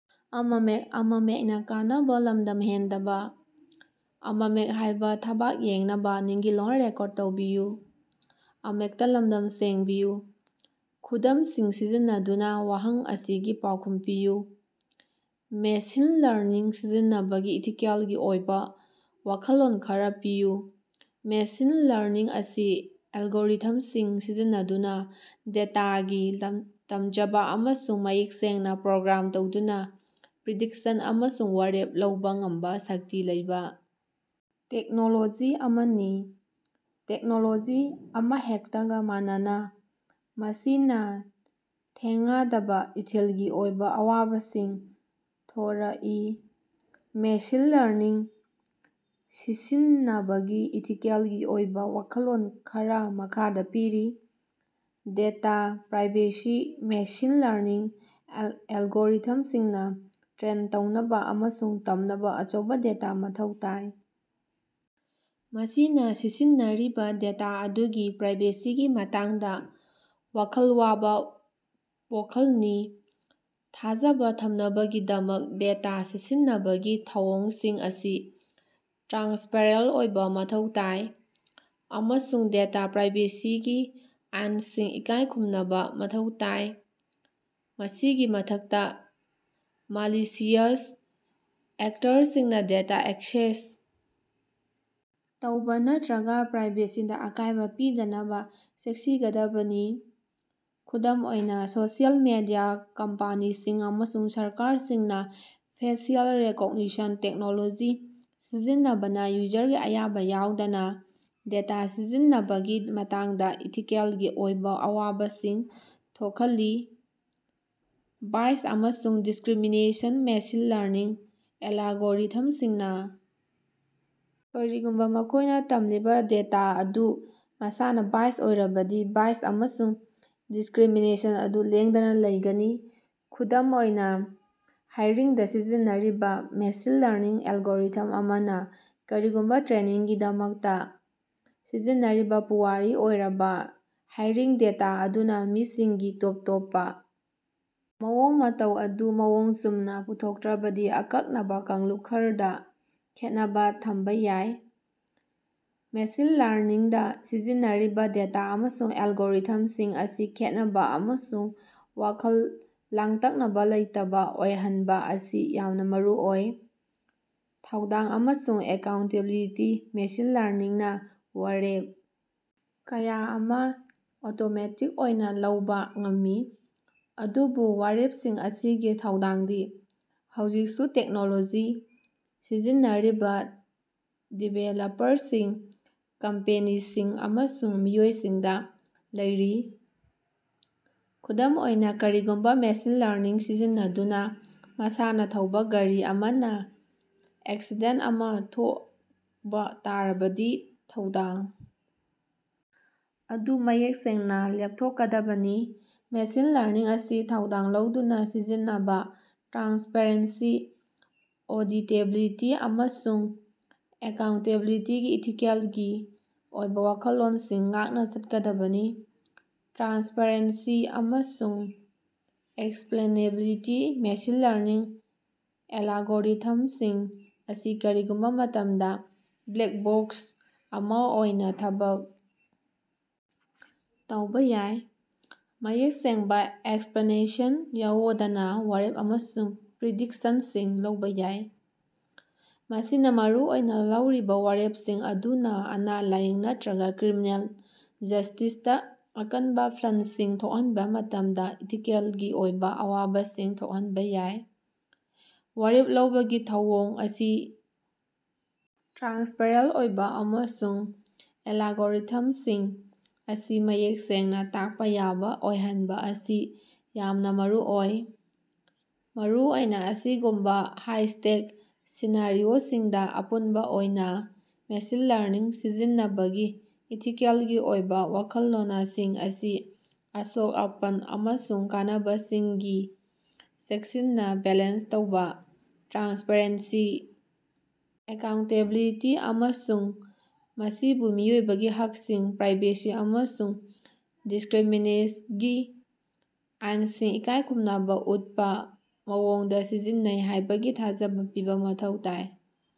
ꯈꯨꯗꯝꯁꯤꯡ ꯁꯤꯖꯤꯟꯅꯗꯨꯅꯥ ꯋꯥꯍꯪ ꯑꯁꯤꯒꯤ ꯄꯥꯎꯈꯨꯝ ꯄꯤꯌꯨ꯫ ꯃꯦꯁꯤꯟ ꯂꯔꯅꯤꯡ ꯁꯤꯖꯤꯟꯅꯕꯒꯤ ꯏꯊꯤꯀꯦꯜꯒꯤ ꯑꯣꯏꯕꯥ ꯋꯥꯈꯜꯂꯣꯟ ꯈꯔꯥ ꯄꯤꯌꯨ꯫ ꯃꯦꯁꯤꯟ ꯂꯔꯅꯤꯡ ꯑꯁꯤ ꯑꯦꯜꯒꯣꯔꯤꯊꯝꯁꯤꯡ ꯁꯤꯖꯤꯟꯅꯗꯨꯅꯥ ꯗꯦꯇꯥꯗꯒꯤ ꯇꯝꯖꯕꯥ ꯑꯃꯁꯨꯡ ꯃꯌꯦꯛ ꯁꯦꯡꯅꯥ ꯄ꯭ꯔꯣꯒ꯭ꯔꯥꯝ ꯇꯧꯗꯅꯥ ꯄ꯭ꯔꯤꯗꯤꯛꯁꯟ ꯑꯃꯁꯨꯡ ꯋꯥꯔꯦꯞ ꯂꯧꯕꯥ ꯉꯝꯕꯥ ꯁꯛꯇꯤ ꯂꯩꯕꯥ ꯇꯦꯛꯅꯣꯂꯣꯖꯤ ꯑꯃꯅꯤ꯫ ꯇꯦꯛꯅꯣꯂꯣꯖꯤ ꯑꯃꯍꯦꯛꯇꯒꯥ ꯃꯥꯟꯅꯅꯥ, ꯃꯁꯤꯅꯥ ꯊꯦꯡꯉꯗꯕꯥ ꯏꯊꯤꯜꯒꯤ ꯑꯣꯏꯕꯥ ꯑꯋꯥꯕꯁꯤꯡ ꯊꯣꯔꯛꯏ꯫ ꯃꯦꯁꯤꯟ ꯂꯔꯅꯤꯡ ꯁꯤꯁꯤꯟꯅꯕꯒꯤ ꯏꯊꯤꯀꯦꯜꯒꯤ ꯑꯣꯏꯕꯥ ꯋꯥꯈꯜꯂꯣꯟ ꯈꯔꯥ ꯃꯈꯥꯗꯥ ꯄꯤꯔꯤ: ꯗꯦꯇꯥ ꯄ꯭ꯔꯥꯏꯚꯦꯁꯤ: ꯃꯦꯁꯤꯟ ꯂꯔꯅꯤꯡ ꯑꯦꯜꯒꯣꯔꯤꯊꯝꯁꯤꯡꯅꯥ ꯇ꯭ꯔꯦꯟ ꯇꯧꯅꯕꯥ ꯑꯃꯁꯨꯡ ꯇꯝꯅꯕꯥ ꯑꯆꯧꯕꯥ ꯗꯦꯇꯥ ꯃꯊꯧ ꯇꯥꯏ, ꯃꯁꯤꯅꯥ ꯁꯤꯁꯤꯟꯅꯔꯤꯕꯥ ꯗꯦꯇꯥ ꯑꯗꯨꯒꯤ ꯄ꯭ꯔꯥꯏꯚꯦꯁꯤꯒꯤ ꯃꯇꯥꯡꯗꯥ ꯋꯥꯈꯜ ꯋꯥꯕꯥ ꯄꯣꯈꯜꯂꯤ꯫ ꯊꯥꯖꯕꯥ ꯊꯝꯅꯕꯒꯤꯗꯃꯛ ꯗꯦꯇꯥ ꯁꯤꯖꯤꯟꯅꯕꯒꯤ ꯊꯧꯑꯣꯡꯁꯤꯡ ꯑꯁꯤ ꯇ꯭ꯔꯥꯟꯁꯄꯔꯦꯟꯇ ꯑꯣꯏꯕꯥ ꯃꯊꯧ ꯇꯥꯏ, ꯑꯃꯁꯨꯡ ꯗꯦꯇꯥ ꯄ꯭ꯔꯥꯏꯚꯦꯁꯤꯒꯤ ꯑꯥꯏꯟꯁꯤꯡ ꯏꯀꯥꯏ ꯈꯨꯝꯅꯕꯥ ꯃꯊꯧ ꯇꯥꯏ꯫ ꯃꯁꯤꯒꯤ ꯃꯊꯛꯇꯥ, ꯃꯥꯂꯤꯁꯤꯌꯁ ꯑꯦꯛꯇꯔꯁꯤꯡꯅꯥ ꯗꯦꯇꯥ ꯑꯦꯛꯁꯦꯁ ꯇꯧꯕꯥ ꯅꯠꯇ꯭ꯔꯒꯥ ꯄ꯭ꯔꯥꯏꯚꯦꯁꯤꯗꯥ ꯑꯀꯥꯏꯕꯥ ꯄꯤꯗꯅꯕꯥ ꯆꯦꯛꯁꯤꯒꯗꯕꯅꯤ꯫ ꯈꯨꯗꯝ ꯑꯣꯏꯅꯥ, ꯁꯣꯁꯤꯑꯦꯜ ꯃꯤꯗꯤꯌꯥ ꯀꯝꯄꯅꯤꯁꯤꯡ ꯑꯃꯁꯨꯡ ꯁꯔꯀꯥꯔꯁꯤꯡꯅꯥ ꯐꯦꯁꯤꯑꯦꯜ ꯔꯤꯀꯣꯒꯅꯤꯁꯟ ꯇꯦꯛꯅꯣꯂꯣꯖꯤ ꯁꯤꯖꯤꯟꯅꯕꯅꯥ ꯌꯨꯖꯔꯒꯤ ꯑꯌꯥꯕꯥ ꯌꯥꯎꯗꯅꯥ ꯗꯦꯇꯥ ꯁꯤꯖꯤꯟꯕꯒꯤ ꯃꯇꯥꯡꯗꯥ ꯏꯊꯤꯀꯦꯜꯒꯤ ꯑꯣꯏꯕꯥ ꯑꯋꯥꯕꯁꯤꯡ ꯊꯣꯍꯜꯂꯤ꯫ ꯕꯥꯏꯌꯁ ꯑꯃꯁꯨꯡ ꯗꯤꯁꯀ꯭ꯔꯤꯃꯤꯅꯦꯁꯟ: ꯃꯦꯁꯤꯟ ꯂꯔꯅꯤꯡ ꯑꯦꯂꯒꯣꯔꯤꯊꯝꯁꯤꯡꯅꯥ ꯀꯔꯤꯒꯨꯝꯕꯥ ꯃꯈꯣꯏꯅꯥ ꯇꯝꯂꯤꯕꯥ ꯗꯦꯇꯥ ꯑꯗꯨ ꯃꯁꯥꯅꯥ ꯕꯥꯏꯌꯖ ꯑꯣꯏꯔꯕꯗꯤ ꯕꯥꯏꯌꯁ ꯑꯃꯁꯨꯡ ꯗꯤꯁꯀ꯭ꯔꯤꯃꯤꯅꯦꯁꯟ ꯑꯗꯨ ꯂꯦꯡꯗꯅꯥ ꯂꯩꯒꯅꯤ꯫ ꯈꯨꯗꯝ ꯑꯣꯏꯅꯥ, ꯍꯥꯏꯌ꯭ꯔꯤꯡꯗꯥ ꯁꯤꯖꯤꯟꯅꯔꯤꯕꯥ ꯃꯦꯁꯤꯟ ꯂꯔꯅꯤꯡ ꯑꯦꯜꯒꯣꯔꯤꯊꯝ ꯑꯃꯅꯥ ꯀꯔꯤꯒꯨꯝꯕꯥ ꯇ꯭ꯔꯦꯅꯤꯡꯒꯤꯗꯃꯛꯇꯥ ꯁꯤꯖꯤꯟꯅꯔꯤꯕꯥ ꯄꯨꯋꯥꯔꯤ ꯑꯣꯏꯔꯕꯥ ꯍꯥꯏꯔꯤꯡ ꯗꯦꯇꯥ ꯑꯗꯨꯅꯥ ꯃꯤꯁꯤꯡꯒꯤ ꯇꯣꯞ ꯇꯣꯞꯄꯥ ꯃꯑꯣꯡ-ꯃꯇꯧ ꯑꯗꯨ ꯃꯑꯣꯡ ꯆꯨꯝꯅꯥ ꯄꯨꯊꯣꯛꯇ꯭ꯔꯕꯗꯤ ꯑꯀꯛꯅꯕꯥ ꯀꯥꯡꯂꯨꯞ ꯈꯔꯗꯥ ꯈꯦꯠꯅꯕꯥ ꯊꯝꯕꯥ ꯌꯥꯏ꯫ ꯃꯦꯁꯤꯟ ꯂꯔꯅꯤꯡꯗꯥ ꯁꯤꯖꯤꯟꯅꯔꯤꯕꯥ ꯗꯦꯇꯥ ꯑꯃꯁꯨꯡ ꯑꯦꯜꯒꯣꯔꯤꯊꯝꯁꯤꯡ ꯑꯁꯤ ꯈꯦꯠꯅꯕꯥ ꯑꯃꯁꯨꯡ ꯋꯥꯈꯜ ꯂꯥꯡꯇꯛꯅꯕꯥ ꯂꯩꯇꯕꯥ ꯑꯣꯏꯍꯟꯕꯥ ꯑꯁꯤ ꯌꯥꯝꯅꯥ ꯃꯔꯨꯑꯣꯏ꯫ ꯊꯧꯗꯥꯡ ꯑꯃꯁꯨꯡ ꯑꯦꯀꯥꯎꯟꯇꯦꯕꯤꯂꯤꯇꯤ: ꯃꯦꯁꯤꯟ ꯂꯔꯅꯤꯡꯅꯥ ꯋꯥꯔꯦꯞ ꯀꯌꯥ ꯑꯃꯥ ꯑꯣꯇꯣꯃꯦꯇꯤꯛ ꯑꯣꯏꯅꯥ ꯂꯧꯕꯥ ꯉꯝꯃꯤ, ꯑꯗꯨꯕꯨ ꯋꯥꯔꯦꯞꯁꯤꯡ ꯑꯁꯤꯒꯤ ꯊꯧꯗꯥꯡꯗꯤ ꯍꯧꯖꯤꯛꯁꯨ ꯇꯦꯛꯅꯣꯂꯣꯖꯤ ꯁꯤꯖꯤꯟꯅꯔꯤꯕꯥ ꯗꯤꯕꯦꯂꯄꯔꯁꯤꯡ, ꯀꯝꯄꯦꯅꯤꯁꯤꯡ ꯑꯃꯁꯨꯡ ꯃꯤꯑꯣꯏꯁꯤꯡꯗꯥ ꯂꯩꯔꯤ꯫ ꯈꯨꯗꯝ ꯑꯣꯏꯅꯥ, ꯀꯔꯤꯒꯨꯝꯕꯥ ꯃꯦꯁꯤꯟ ꯂꯔꯅꯤꯡ ꯁꯤꯖꯤꯟꯅꯗꯨꯅꯥ ꯃꯁꯥꯅꯥ ꯊꯧꯕꯥ ꯒꯥꯔꯤ ꯑꯃꯅꯥ ꯑꯦꯛꯁꯤꯗꯦꯟꯇ ꯑꯃꯥ ꯊꯣꯛꯕꯥ ꯇꯥꯔꯕꯗꯤ, ꯊꯧꯗꯥꯡ ꯑꯗꯨ ꯃꯌꯦꯛ ꯁꯦꯡꯅꯥ ꯂꯦꯞꯊꯣꯛꯀꯗꯕꯅꯤ꯫ ꯃꯦꯁꯤꯟ ꯂꯔꯅꯤꯡ ꯑꯁꯤ ꯊꯧꯗꯥꯡ ꯂꯧꯗꯨꯅꯥ ꯁꯤꯖꯤꯟꯅꯅꯕꯥ ꯇ꯭ꯔꯥꯟꯁꯄ꯭ꯔꯦꯟꯁꯤ, ꯑꯣꯗꯤꯇꯦꯕꯤꯂꯤꯇꯤ, ꯑꯃꯁꯨꯡ ꯑꯦꯀꯥꯎꯟꯇꯦꯕꯤꯂꯤꯇꯤꯒꯤ ꯏꯊꯤꯀꯦꯜꯒꯤ ꯑꯣꯏꯕꯥ ꯋꯥꯈꯜꯂꯣꯟꯁꯤꯡ ꯉꯥꯛꯅꯥ ꯆꯠꯀꯗꯕꯅꯤ꯫ ꯇ꯭ꯔꯥꯟꯁꯄꯔꯦꯟꯁꯤ ꯑꯃꯁꯨꯡ ꯑꯦꯛꯁꯄ꯭ꯂꯦꯅꯦꯕꯤꯂꯤꯇꯤ: ꯃꯦꯁꯤꯟ ꯂꯔꯅꯤꯡ ꯑꯦꯂꯒꯣꯔꯤꯊꯃꯁꯤꯡ ꯑꯁꯤ ꯀꯔꯤꯒꯨꯝꯕꯥ ꯃꯇꯝꯗꯥ "ꯕ꯭ꯂꯦꯛ ꯕꯣꯛꯁ" ꯑꯃꯥ ꯑꯣꯏꯅꯥ ꯊꯕꯛ ꯇꯧꯕꯥ ꯌꯥꯏ, ꯃꯌꯦꯛ ꯁꯦꯡꯕꯥ ꯑꯦꯛꯁꯄ꯭ꯂꯦꯅꯦꯁꯟ ꯌꯥꯑꯣꯗꯅꯥ ꯋꯥꯔꯦꯞ ꯑꯃꯁꯨꯡ ꯄ꯭ꯔꯤꯗꯤꯛꯁꯟꯁꯤꯡ ꯂꯧꯕꯥ ꯌꯥꯏ꯫ ꯃꯁꯤꯅꯥ ꯃꯔꯨꯑꯣꯏꯅꯥ ꯂꯧꯔꯤꯕꯥ ꯋꯥꯔꯦꯞꯁꯤꯡ ꯑꯗꯨꯅꯥ ꯑꯅ-ꯂꯥꯏꯌꯦꯡ ꯅꯠꯇ꯭ꯔꯒꯥ ꯀ꯭ꯔꯤꯃꯤꯅꯦꯜ ꯖꯁ꯭ꯇꯤꯁꯇꯥ ꯑꯀꯟꯕꯥ ꯐꯂꯜꯁꯤꯡ ꯊꯣꯛꯍꯟꯕꯥ ꯃꯇꯝꯗꯥ ꯏꯊꯤꯀꯦꯜꯒꯤ ꯑꯣꯏꯕꯥ ꯑꯋꯥꯕꯁꯤꯡ ꯊꯣꯛꯍꯟꯕꯥ ꯌꯥꯏ꯫ ꯋꯥꯔꯦꯞ ꯂꯧꯕꯒꯤ ꯊꯧꯑꯣꯡ ꯑꯁꯤ ꯇ꯭ꯔꯥꯟꯁꯄ꯭ꯔꯦꯟꯇ ꯑꯣꯏꯕꯥ ꯑꯃꯁꯨꯡ ꯑꯦꯂꯒꯣꯔꯤꯊꯝꯁꯤꯡ ꯑꯁꯤ ꯃꯌꯦꯛ ꯁꯦꯡꯅꯥ ꯇꯥꯛꯄꯥ ꯌꯥꯕꯥ ꯑꯣꯏꯍꯟꯕꯥ ꯑꯁꯤ ꯌꯥꯝꯅꯥ ꯃꯔꯨꯑꯣꯏ, ꯃꯔꯨꯑꯣꯏꯅꯥ ꯑꯁꯤꯒꯨꯝꯕꯥ ꯍꯥꯏ-ꯁ꯭ꯇꯦꯛ ꯁꯤꯅꯥꯔꯤꯑꯣꯁꯤꯡꯗꯥ꯫ ꯑꯄꯨꯟꯕꯥ ꯑꯣꯏꯅꯥ, ꯃꯦꯁꯤꯟ ꯂꯔꯅꯤꯡ ꯁꯤꯖꯤꯟꯅꯕꯒꯤ ꯏꯊꯤꯀꯦꯜꯒꯤ ꯑꯣꯏꯕꯥ ꯋꯥꯈꯜꯂꯣꯟꯁꯤꯡ ꯑꯁꯤ ꯑꯁꯣꯛ-ꯑꯄꯟ ꯑꯃꯁꯨꯡ ꯀꯥꯟꯅꯕꯁꯤꯡꯒꯤ ꯆꯦꯀꯁꯤꯟꯅꯥ ꯕꯦꯂꯦꯟꯁ ꯇꯧꯕꯥ, ꯇ꯭ꯔꯥꯟꯁꯄ꯭ꯔꯦꯟꯁꯤ, ꯑꯦꯀꯥꯎꯟꯇꯦꯕꯤꯂꯤꯇꯤ, ꯑꯃꯁꯨꯡ ꯃꯁꯤꯕꯨ ꯃꯤꯑꯣꯏꯕꯒꯤ ꯍꯛꯁꯤꯡ, ꯄ꯭ꯔꯥꯏꯚꯦꯁꯤ ꯑꯃꯁꯨꯡ ꯗꯤꯁꯀ꯭ꯔꯤꯃꯤꯅꯦꯁꯒꯤ ꯑꯥꯏꯟꯁꯤꯡ ꯏꯀꯥꯏꯈꯨꯝꯅꯕꯥ ꯑꯨꯠꯄꯥ ꯃꯑꯣꯡꯗꯥ ꯁꯤꯖꯤꯟꯅꯩ ꯍꯥꯏꯕꯒꯤ ꯊꯥꯖꯕꯥ ꯄꯤꯕꯥ ꯃꯊꯧ ꯇꯥꯏ꯫